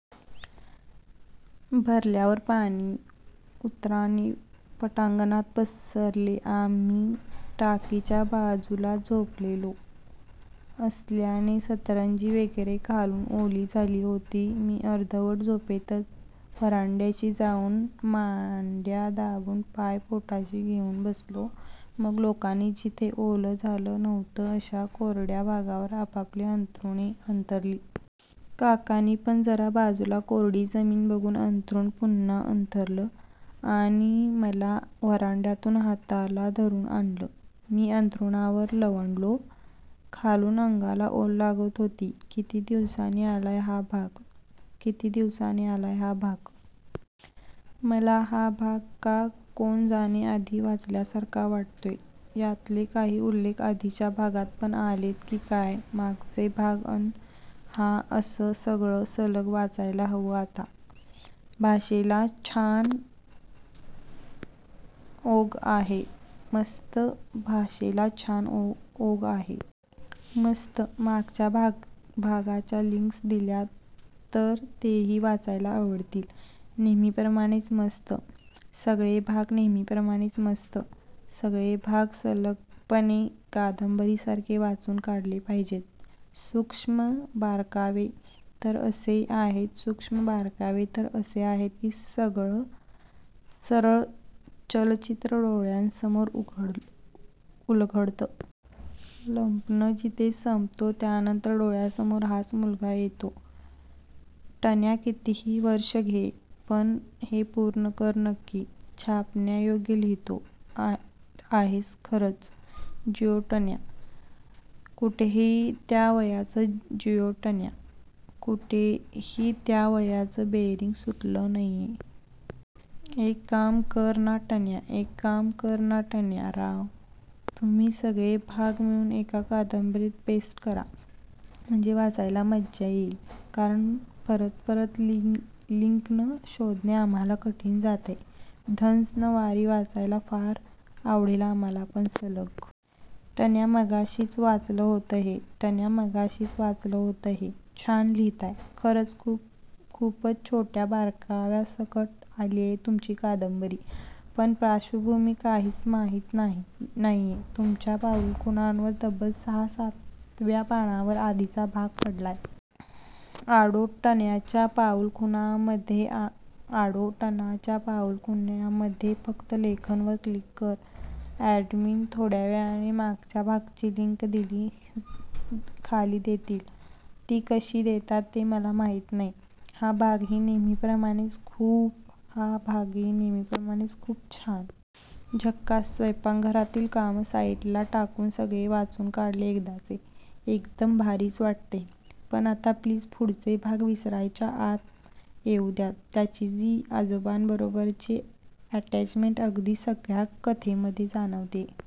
भरल्यावर पाणी उताराने पटांगणात पसरले. आम्ही टाकीच्या बाजूलाच झोपलेलो असल्याने सतरंजी वगैरे खालून ओली झाली होती. मी अर्धवट झोपेतच व्हरांड्याशी जाउन मांडया दाबून, पाय पोटाशी घेउन बसलो. मग लोकांनी जिथे ओलं झालं नव्हतं अश्या कोरड्या भागांवर आपापली अंथरुणं पुन्हा अंथरली. काकांनी पण जरा बाजूला कोरडी जमिन बघून अंथरुण पुन्हा अंथरलं आणि मला व्हरांड्यातून हाताला धरुन आणलं. मी अंथरुणावर लवंडलो. खालून अंगाला ओल लागत होती. किती दिवसांनी आलाय हा भाग. किती दिवसांनी आलाय हा भाग. मला हा भाग का कोण जाणे आधी वाचल्यासारखा वाटतोय. यातले काही उल्लेख आधीच्या भागात पण आलेत की काय? मागचे भाग अन हा असं सगळं सलग वाचायला हवं आता. भाषेला छान ओघ आहे. मस्त भाषेला छान ओघ आहे. मस्त. मागच्या भागांच्या लिंक्स दिल्या तर तेही वाचायला आवडतील. नेहमीप्रमाणेच मस्त. सगळे भाग नेहमीप्रमाणेच मस्त. सगळे भाग सलगपणे कादंबरीसारखे वाचून काढले पाहिजेत. सुक्ष्म बारकावे तर असे आहेत सुक्ष्म बारकावे तर असे आहेत की सरळ चलचित्र डोळ्यासमोर उलगडतं. लंपन जिथे संपतो त्यानंतर डोळ्यासमोर हाच मुलगा येतो. टण्या कितीही वर्ष घे, पण हे पूर्ण कर नक्की. छापण्यायोग्य लिहीतो आहेस खरंच. जियो टण्या. कुठेही त्या वयाचं जियो टण्या. कुठेही त्या वयाचं बेअरिंग सुटलं नाहीये. एक काम करा ना टण्या एक काम करा ना टण्या राव. तुम्ही सगळे भाग मिळुन एका कादंबरीत पेस्ट करा. म्हणजे वाचायला मज्जा येइल. कारण परत परत लिक्न शोधणे आम्हाला कठीण जातय. धन्स. वारी वाचायला फार आवडेल आम्हाला पण सलग. टण्या, मगाशीच वाचलं होतं हे. टण्या, मगाशीच वाचलं होतं हे. छान लिहीताय. खरंच खूपच छोट्या बारकाव्यांसकट आलीये तुमची कादंबरी. पण पार्श्वभूमी काहीच माहित नाहीये. तुमच्या पाऊलखुणांवर तब्बल सहा सातव्या पानावर आधीचा भाग सापडलाय. आडो, टण्याच्या पाऊलखुणामध्ये आडो, टण्याच्या पाऊलखुणामध्ये फक्त लेखन वर क्लिक कर अॅडमिन थोड्यावेळाने मागच्या भागांची लिंक खाली देतील. ती कशी देतात ते मला माहिती नाही. हा भागही नेहमीप्रमाणेच खूप हा भागही नेहमीप्रमाणेच खूप छान. झक्कास. स्वैंपाकघरातलं काम साईडिंगला टाकून सगळे भाग वाचून काढले एकदाचे. एकदम भारीच वाटतंय. पण आता प्लीज पुढचे भाग विसरायच्या आत येऊ द्यात. त्याची आजोबांबरोबरची अटॅचमेंट अगदी सगळ्या कथेमध्ये जाणवतेय.